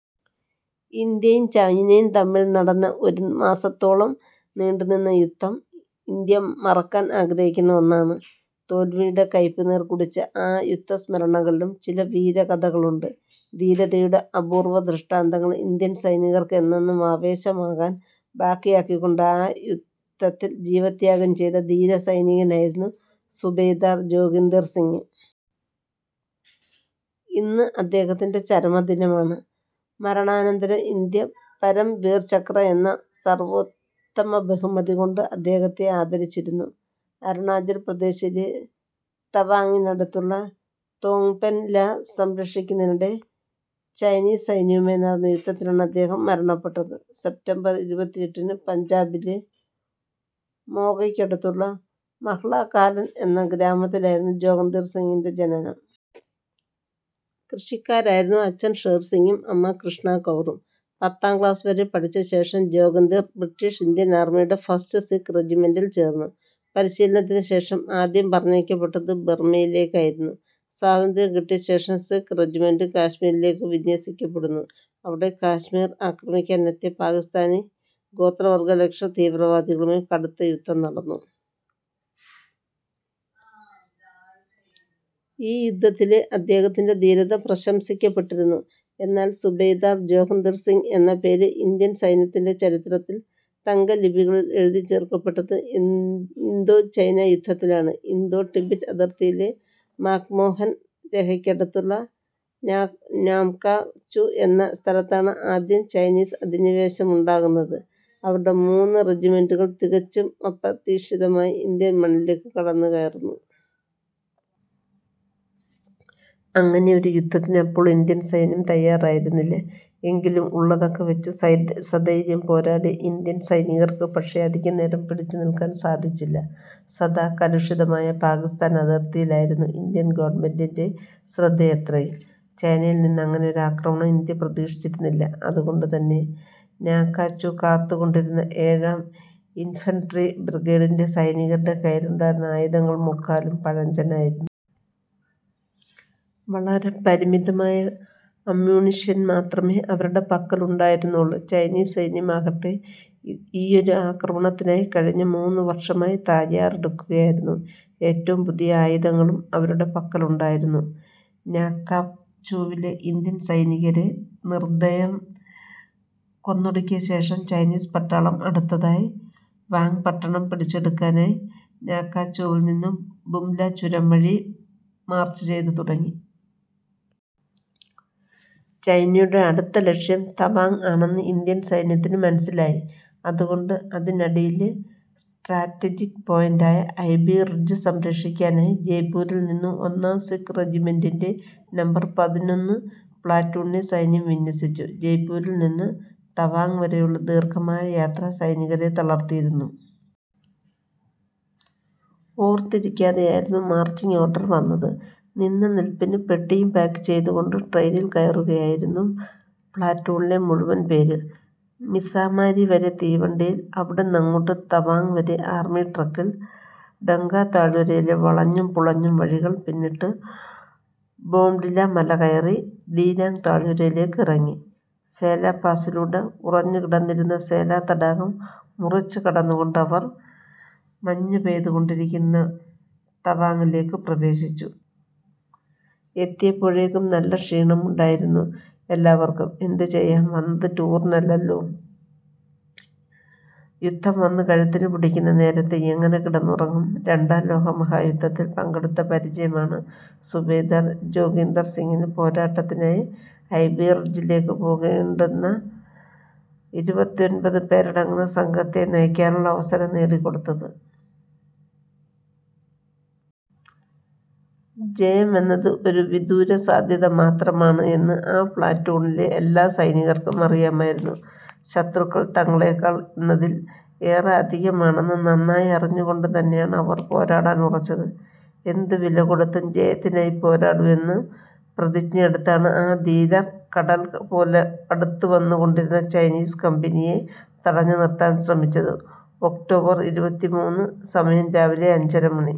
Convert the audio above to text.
ഇന്ത്യയും ചൈനയും തമ്മിൽ നടന്ന ഒരു മാസത്തോളം നീണ്ടുനിന്ന യുദ്ധം ഇന്ത്യ മറക്കാൻ ആഗ്രഹിക്കുന്ന ഒന്നാണ്. തോൽവിയുടെ കയ്പുനീർ കുടിച്ച ആ യുദ്ധസ്മരണകളിലും, ചില വീരകഥകളുണ്ട്. ധീരതയുടെ അപൂർവദൃഷ്ടാന്തങ്ങൾ ഇന്ത്യൻ സൈനികർക്ക് എന്നെന്നും ആവേശമാകാൻ ബാക്കിയാക്കികൊണ്ട് ആ യുദ്ധത്തിൽ ജീവത്യാഗം ചെയ്ത ധീരസൈനികനായിരുന്നു സുബേദാർ ജോഗീന്ദർ സിംഗ്. ഇന്ന് അദ്ദേഹത്തിന്റെ ചരമദിനമാണ്. മരണാനന്തരം ഇന്ത്യ പരംവീർചക്ര എന്ന സർവോത്തമബഹുമതികൊണ്ട് അദ്ദേഹത്തെ ആദരിച്ചിരുന്നു. അരുണാചൽ പ്രദേശിലെ തവാങ്ങിനടുത്തുള്ള തോങ്പെൻ ലാ സംരക്ഷിക്കുന്നതിനിടെ ചൈനീസ് സൈന്യവുമായി നടന്ന യുദ്ധത്തിലാണ് അദ്ദേഹം മരണപ്പെട്ടത്. സെപ്റ്റംബർ ഇരുപത്തിഎട്ടിന് പഞ്ചാബിലെ മോഗയ്ക്കടുത്തുള്ള മഹ്ലാ കാലൻ എന്ന ഗ്രാമത്തിലായിരുന്നു ജോഗീന്ദർ സിംഗിന്റെ ജനനം. കൃഷിക്കാരായിരുന്നു അച്ഛൻ ഷേർസിംഗും അമ്മ കൃഷ്ണ കൗറും. പത്താം ക്ലാസ് വരെ പഠിച്ച ശേഷം ജോഗീന്ദർ ബ്രിട്ടീഷ് ഇന്ത്യൻ ആർമിയുടെ ഫസ്റ്റ് സിഖ് റെജിമെന്റിൽ ചേർന്നു. പരിശീലനത്തിന് ശേഷം ആദ്യം പറഞ്ഞയക്കപ്പെട്ടത് ബർമയിലേക്കായിരുന്നു. സ്വാതന്ത്ര്യം കിട്ടിയ ശേഷം സിഖ് റജിമെന്റ് കാശ്മീരിലേക്ക് വിന്യസിക്കപ്പെടുന്നു. അവിടെ കശ്മീർ അക്രമിക്കാനെത്തിയ പാകിസ്താനി ഗോത്രവർഗ ലഷ്കർ തീവ്രവാദികളുമായി കടുത്ത യുദ്ധം നടന്നു. ഈ യുദ്ധത്തിലെ അദ്ദേഹത്തിന്റെ ധീരത പ്രശംസിക്കപ്പെട്ടിരുന്നു. എന്നാൽ സുബേദാർ ജോഗീന്ദർ സിംഗ് എന്ന പേര് ഇന്ത്യൻ സൈന്യത്തിന്റെ ചരിത്രത്തിൽ തങ്കലിപികളിൽ എഴുതിച്ചേർക്കപ്പെട്ടത് ഇന്തോ ചൈനാ യുദ്ധത്തിലാണ്. ഇന്തോ ടിബറ്റ് അതിർത്തിയിലെ മാക്മോഹൻ രേഖയ്ക്കടുത്തുള്ള നാംകാ ചു എന്ന സ്ഥലത്താണ് ആദ്യം ചൈനീസ് അധിനിവേശമുണ്ടാകുന്നത്. അവരുടെ മൂന്നു റജിമെന്റുകൾ തികച്ചും അപ്രതീക്ഷിതമായി ഇന്ത്യൻ മണ്ണിലേക്ക് കടന്നുകയറുന്നു. അങ്ങനെ ഒരു യുദ്ധത്തിന് അപ്പോൾ ഇന്ത്യൻ സൈന്യം തയ്യാറായിരുന്നില്ല. എങ്കിലും, ഉള്ളതൊക്കെ വെച്ച് സധൈര്യം പോരാടിയ ഇന്ത്യൻ സൈനികർക്ക് പക്ഷേ, അധികനേരം പിടിച്ചു നില്ക്കാൻ സാധിച്ചില്ല. സദാ കലുഷിതമായ പാകിസ്ഥാൻ അതിർത്തിയിലായിരുന്നു ഇന്ത്യൻ ഗവണ്മെന്റിന്റെ ശ്രദ്ധയത്രയും. ചൈനയിൽ നിന്ന് അങ്ങനെ ഒരാക്രമണം ഇന്ത്യ പ്രതീക്ഷിച്ചിരുന്നില്ല. അതുകൊണ്ടുതന്നെ നാംകാചു കാത്തുകൊണ്ടിരുന്ന ഏഴാം ഇൻഫൻട്രി ബ്രിഗേഡിന്റെ സൈനികരുടെ കയ്യിലുണ്ടായിരുന്ന ആയുധങ്ങൾ മുക്കാലും പഴഞ്ചനായിരുന്നു. വളരെ പരിമിതമായ അമ്യൂണിഷൻ മാത്രമേ അവരുടെ പക്കൽ ഉണ്ടായിരുന്നുള്ളൂ. ചൈനീസ് സൈന്യമാകട്ടെ, ഈയൊരു ആക്രമണത്തിനായി കഴിഞ്ഞ മൂന്നു വർഷമായി തയ്യാറെടുക്കുകയായിരുന്നു. ഏറ്റവും പുതിയ ആയുധങ്ങളും അവരുടെ പക്കലുണ്ടായിരുന്നു. നാംകാചുവിലെ ഇന്ത്യൻ സൈനികരെ നിർദ്ദയം കൊന്നൊടുക്കിയ ശേഷം ചൈനീസ് പട്ടാളം അടുത്തതായി വാങ്ങ് പട്ടണം പിടിച്ചെടുക്കാനായി നാംകാചുവിൽ നിന്ന് ബുംല ചുരം വഴി മാർച്ചുചെയ്തു തുടങ്ങി. ചൈനയുടെ അടുത്ത ലക്ഷ്യം തവാങ്ങ് ആണെന്ന് ഇന്ത്യൻ സൈന്യത്തിന് മനസ്സിലായി. അതുകൊണ്ട് അതിനിടയിലെ സ്ട്രാറ്റജിക് പോയന്റായ ഐബി റിഡ്ജ് സംരക്ഷിക്കാനായി ജയ്പൂരിൽ നിന്ന് ഒന്നാം സിഖ് റജിമെന്റിന്റെ നമ്പർ പതിനൊന്ന് പ്ലാറ്റൂണിനെ സൈന്യം വിന്യസിച്ചു. ജയ്പ്പൂരിൽ നിന്ന് തവാങ് വരെയുള്ള ദീർഘമായ യാത്ര സൈനികരെ തളർത്തിയിരുന്നു. ഓർത്തിരിക്കാതെയായിരുന്നു മാർച്ചിങ് ഓർഡർ വന്നത്. നിന്നനിൽപ്പിന് പെട്ടിയും പാക്കുചെയ്തുകൊണ്ട് ട്രെയിനിൽ കയറുകയായിരുന്നു പ്ലാറ്റൂണിലെ മുഴുവൻ പേരും. മിസ്സാമാരി വരെ തീവണ്ടിയിൽ. അവിടന്നങ്ങോട്ട് തവാങ്ങ് വരെ ആർമി ട്രക്കിൽ. ടെംഗാ താഴ്വരയിലെ വളഞ്ഞുപുളഞ്ഞ വഴികൾ പിന്നിട്ട്, ബോംഡിലാ മലകയറി, ധിരാങ്ങ് താഴ്വരയിലേക്ക് ഇറങ്ങി, സേലാ പാസിലൂടെ, ഉറഞ്ഞുകിടന്നിരുന്ന സേലാ തടാകം മുറിച്ചുകടന്നുകൊണ്ട്, അവർ മഞ്ഞുപെയ്തുകൊണ്ടിരുന്ന തവാങിലേക്ക് പ്രവേശിച്ചു. എത്തിയപ്പോഴേക്കും നല്ല ക്ഷീണമുണ്ടായിരുന്നു എല്ലാവർക്കും. എന്തുചെയ്യാം വന്നത് ടൂറിനല്ലല്ലോ, യുദ്ധം ചെയ്യാനല്ലേ? യുദ്ധം വന്നു കഴുത്തിന് പിടിക്കുന്ന നേരത്ത് എങ്ങനെ കിടന്നുറങ്ങും? രണ്ടാം ലോകമഹായുദ്ധത്തിൽ പങ്കെടുത്ത പരിചയമാണ്, സുബേദാർ ജോഗീന്ദർ സിംഗിന് പോരാട്ടത്തിനായി ഐബി റിഡ്ജിലേക്ക് പോകേണ്ടുന്ന ഇരുപത്തിഒമ്പത് പേരടങ്ങുന്ന സംഘത്തെ നയിക്കാനുള്ള അവസരം നേടിക്കൊടുത്തത്. ജയമെന്നത് ഒരു വിദൂരസാധ്യത മാത്രമാണ് എന്ന് ആ പ്ലാറ്റൂണിലെ എല്ലാ സൈനികർക്കും അറിയാമായിരുന്നു. ശത്രുക്കൾ തങ്ങളേക്കാൾ എന്നതിൽ ഏറെ അധികമാണെന്ന് നന്നായറിഞ്ഞുകൊണ്ടുതന്നെയാണ് അവർ പോരാടാൻ ഉറച്ചത്. ' എന്ത് വിലകൊടുത്തും ജയത്തിനായി പോരാടും ' എന്ന് പ്രതിജ്ഞയെടുത്താണ് ആ ധീരർ കടൽ പോലെ അടുത്തുവന്നുകൊണ്ടിരുന്ന ചൈനീസ് കമ്പനിയെ തടുത്തു നിർത്താൻ ശ്രമിച്ചത്. ഒക്ടോബർ ഇരുപത്തിമൂന്ന് സമയം രാവിലെ അഞ്ചരമണി.